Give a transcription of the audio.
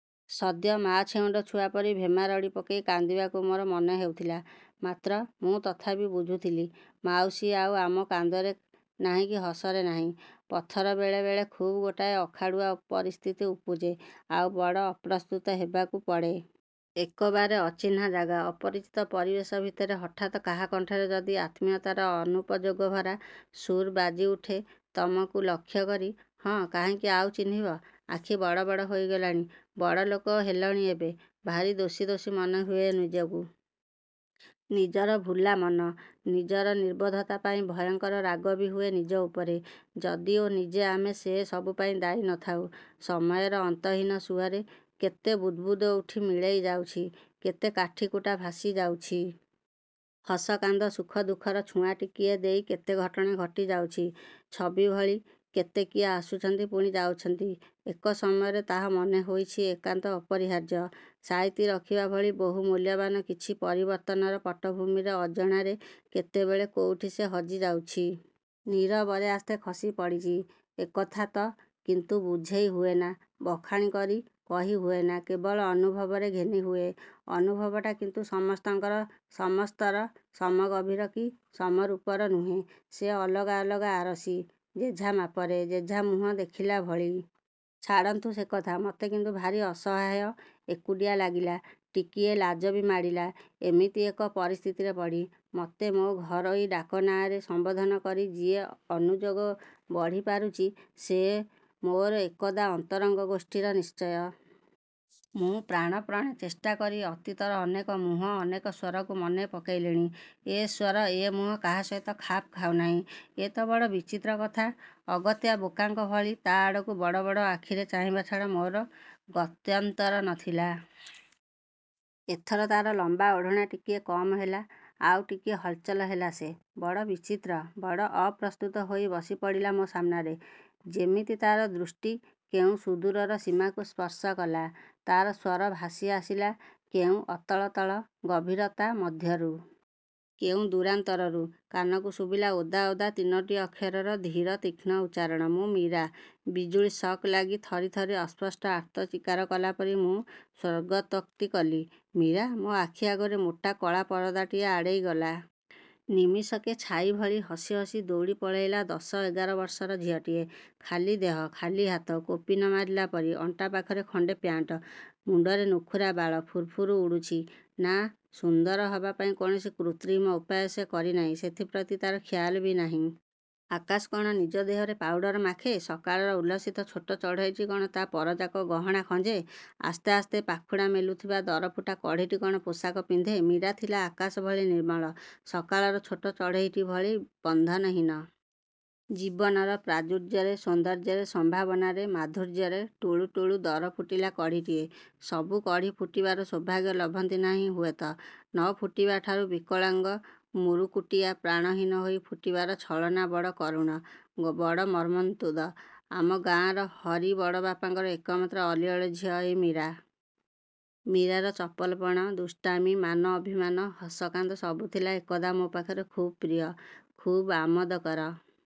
ସଦ୍ୟ ମା' ଛେଉଣ୍ଡ ଛୁଆ ପରି–ଭେମା ରଡ଼ି ପକେଇ କାନ୍ଦିବାକୁ ମୋର ମନ ହେଉଥିଲା। ମାତ୍ର, ମୁଁ ତଥାପି ବୁଝୁଥିଲି, ମାଉସୀ ଆଉ ଆମ କାନ୍ଦରେ ନାହିଁକି ହସରେ ନାହିଁ। ପଥର ବେଳେ ବେଳେ ଖୁବ୍ ଗୋଟାଏ ଅଖାଡ଼ୁଆ ପରିସ୍ଥିତି ଉପୁଜେ। ଆଉ ବଡ଼ ଅପ୍ରସ୍ତୁତ ହେବାକୁ ପଡ଼େ। ଏକବାରେ ଅଚିହ୍ନା ଯାଗା, ଅପରିଚିତ ପରିବେଶ ଭିତରେ ହଠାତ୍ କାହା କଣ୍ଠରେ ଯଦି ଅତ୍ମୀୟତାର ଅନୁଯୋଗଭରା ସୁର୍ ବାଜି ଉଠେ ତମକୁ ଲକ୍ଷ୍ୟ କରି। ''ହଁ କାହିଁକି ଆଉ ଚିହ୍ନିବ? ଆଖି ବଡ଼ ବଡ଼ ହେଇ ଗଲାଣି, ବଡ଼ ଲୋକ ହେଲଣି ଏବେ। '' ଭାରି ଦୋଷୀ ଦୋଷୀ ମନେହୁଏ ନିଜକୁ। ନିଜର ଭୂଲା ମନ, ନିଜର ନିର୍ବୋଧତା ପାଇଁ ଭୟଙ୍କର ରାଗ ବି ହୁଏ ନିଜ ଉପରେ ଯଦିଓ ନିଜେ ଆମେ ସେ ସବୁପାଇଁ ଦାୟୀ ନ ଥାଉ। ସମୟର ଅନ୍ତହୀନ ସୁଅରେ କେତେ ବୁଦ୍ ବୁଦ୍ ଉଠି ମିଳେଇ ଯାଉଛି। କେତେ କାଠି କୁଟା ଭାସି ଯାଉଛି। ହସ, କାନ୍ଦ, ସୁଖ, ଦୁଃଖର ଛୁଆଁ ଟିକିଏ ଦେଇ କେତେ ଘଟଣା ଘଟିଯାଉଛି। ଛବିଭଳି କେତେ କିଏ ଆସୁଛନ୍ତି, ପୁଣି ଯାଉଛନ୍ତି। ଏକ ସମୟରେ ତାହା ମନେ ହୋଇଛି ଏକାନ୍ତ ଅପରିହାର୍ଯ୍ୟ। ସାଇତି ରଖିବା ଭଳି ବହୁ ମୂଲ୍ୟବାନ କିଛି ପରିବର୍ତ୍ତନର ପଟ୍ଟ ଭୂମିରେ, ଅଜଣାରେ କେତେବେଳେ କୋଉଠି ସେ ହଜି ଯାଇଛି। ନୀରବରେ ଆସ୍ତେ ଖସି ପଡ଼ିଚି। ଏକଥା ତ କିନ୍ତୁ ବୁଝେଇ ହୁଏନା ବଖାଣି କରି କହି ହୁଏନାଁ କେବଳ ଅନୁଭବରେ ଘେନି ହୁଏ। ଅନୁଭବଟା କିନ୍ତୁ ସମସ୍ତଙ୍କର–ସମ-ସ୍ତର, ସମ-ଗଭୀର କି ସମ-ରୂପର ନୁହେଁ। ସେ ଅଲଗା ଅଲଗା ଆରସି, ଯେଝା ମାପରେ, ଯେଝା ମୁହଁ ଦେଖିଲା ଭଳି। ଛାଡ଼ନ୍ତୁ ସେକଥା ମତେ କିନ୍ତୁ ଭାରି ଅସହାୟ, ଏକୁଟିଆ ଲାଗିଲା। ଟିକିଏ ଲାଜ ବି ମାଡ଼ିଲା ଏମିତି ଏକ ପରିସ୍ଥିତିରେ ପଡ଼ି। ମତେ ମୋ ଘରୋଇ ଡାକ ନାଁ'ରେ ସମ୍ବୋଧନ କରି ଯିଏ ଅନୁଯୋଗ ବଢ଼ି ପାରୁଚି ସେ ମୋର ଏକଦା ଅନ୍ତରଙ୍ଗ ଗୋଷ୍ଠୀର ନିଶ୍ଚୟ। ମୁଁ ପ୍ରାଣପଣେ ଚେଷ୍ଟା କରି, ଅତୀତର ଅନେକ ମୁହଁ, ଅନେକ ସ୍ୱରକୁ ମନେ ପକେଇଲିଣି। ଏ ସ୍ୱର, ଏ ମୁହଁ, କାହା ସହିତ ଖାପ୍ ଖାଉ ନାହିଁ। ୟେତ ବଡ଼ ବିଚିତ୍ର କଥା! ଅଗତ୍ୟା ବୋକାଙ୍କ ଭଳି ତା' ଆଡ଼କୁ ବଡ଼ ବଡ଼ ଆଖିରେ ଚାହିଁବା ଛଡ଼ା ମୋର ଗତ୍ୟନ୍ତର ନଥିଲା। ଏଥର ତା'ର ଲମ୍ବା ଓଢ଼ଣା ଟିକିଏ କମ୍ ହେଲା। ଆଉ ଟିକିଏ ହଲଚଲ ହେଲା ସେ। ବଡ଼ ବିବ୍ରତ, ବଡ଼ ଅପ୍ରସ୍ତୁତ ହୋଇ ବସି ପଡ଼ିଲା ମୋ ସାମ୍ନାରେ। ଯେମିତି ତା'ର ଦୃଷ୍ଟି କେଉଁ ସୁଦୂରର ସୀମାକୁ ସ୍ପର୍ଶ କଲା। ତା'ର ସ୍ୱର ଭାସି ଆସିଲା କେଉଁ ଅତଳତଳ ଗଭୀରତା ମଧ୍ୟରୁ। କେଉଁ ଦୂରାନ୍ତରରୁ। କାନକୁ ଶୁଭିଲା ଓଦା ଓଦା ତିନୋଟି ଅକ୍ଷରର ଧୀର ତୀକ୍ଷ୍ଣ ଉଚ୍ଚାରଣ... ମୁଁ ମୀରା। ବିଜୁଳି ସକ୍ ଲାଗି ଥରି ଥରି ଅସ୍ପଷ୍ଟ ଆର୍ତ୍ତ ଚିତ୍କାର କଲାପରି ମୁଁ ସ୍ୱର୍ଗତୋକ୍ତି କଲି... ''ମୀରା '' ମୋ ଆଖି ଆଗରୁ ମୋଟା କଳା ପରଦାଟାଏ ଆଡ଼େଇ ଗଲା। ନିମିଷକେ ଛାଇଭଳି, ହସି ହସି, ଦୌଡ଼ି ପଳେଇଲା ଦଶ, ଏଗାର ବର୍ଷର ଝିଅଟିଏ। ଖାଲି ଦେହ, ଖାଲି ହାତ, କୌପିନ ମାରିଲା ପରି, ଅଣ୍ଟା ପାଖରେ ଖଣ୍ଡେ ପ୍ୟାଣ୍ଟ। ମୁଣ୍ଡର ନୁଖୁରା ବାଳ ଫୁରୁ ଫୁରୁ ଉଡ଼ୁଚି। ନାଁ, ସୁନ୍ଦର ହବା ପାଇଁ କୌଣସି କୃତ୍ରିମ ଉପାୟ ସେ କରି ନାହିଁ, ସେଥିପ୍ରତି ତା'ର ଖିୟାଲ ବି ନାହିଁ। ଆକାଶ କ'ଣ ନିଜ ଦେହରେ ପାଉଡ଼ର ମାଖେ? ସକାଳର ଉଲ୍ଲସିତ ଛୋଟ ଚଢ଼େଇଟି କ'ଣ ତା' ପରଯାକ ଗହଣା ଖଞ୍ଜେ? ଆସ୍ତେ ଆସ୍ତେ ପାଖୁଡ଼ା ମେଲୁଥିବା ଦରଫୁଟା କଢ଼ିଟି କ'ଣ ପୋଷାକ ପିନ୍ଧେ? ମୀରା ଥିଲା ଆକାଶ ଭଳି ନିର୍ମଳ। ସକାଳର ଛୋଟ ଚଢ଼େଇଟି ଭଳି ବନ୍ଧନହୀନ। ଜୀବନର ପ୍ରାଚୁର୍ଯ୍ୟରେ, ସୌନ୍ଦର୍ଯ୍ୟରେ ସମ୍ଭାବନାରେ, ମାଧୁର୍ଯ୍ୟରେ ଟୁଳୁ ଟୁଳୁ ଦରଫୁଟିଲା କଢ଼ିଟିଏ। ସବୁ କଢ଼ି ଫୁଟିବାର ସୌଭାଗ୍ୟ ଲଭନ୍ତି ନାହିଁ ହୁଏତ। ନଫୁଟିବା ଠାରୁ ବିକଳାଙ୍ଗ ମୁରୁକୁଟିଆ, ପ୍ରାଣହୀନ ହୋଇ ଫୁଟିବାର ଛଳନା ବଡ଼ କରୁଣ, ବଡ଼ ମର୍ମନ୍ତୁଦ। ଆମ ଗାଁର ହରି ବଡ଼'ପାଙ୍କର ଏକମାତ୍ର ଅଲିଅଳି ଝିଅ ଏଇ ମୀରା। ମୀରାର ଚପଲ ପଣ, ଦୁଷ୍ଟାମୀ, ମାନ, ଅଭିମାନ, ହସ କାନ୍ଦ ସବୁ ଥିଲା ଏକଦା ମୋ ପାଖରେ ଖୁବ୍ ପ୍ରିୟ, ଖୁବ୍ ଆମୋଦକର।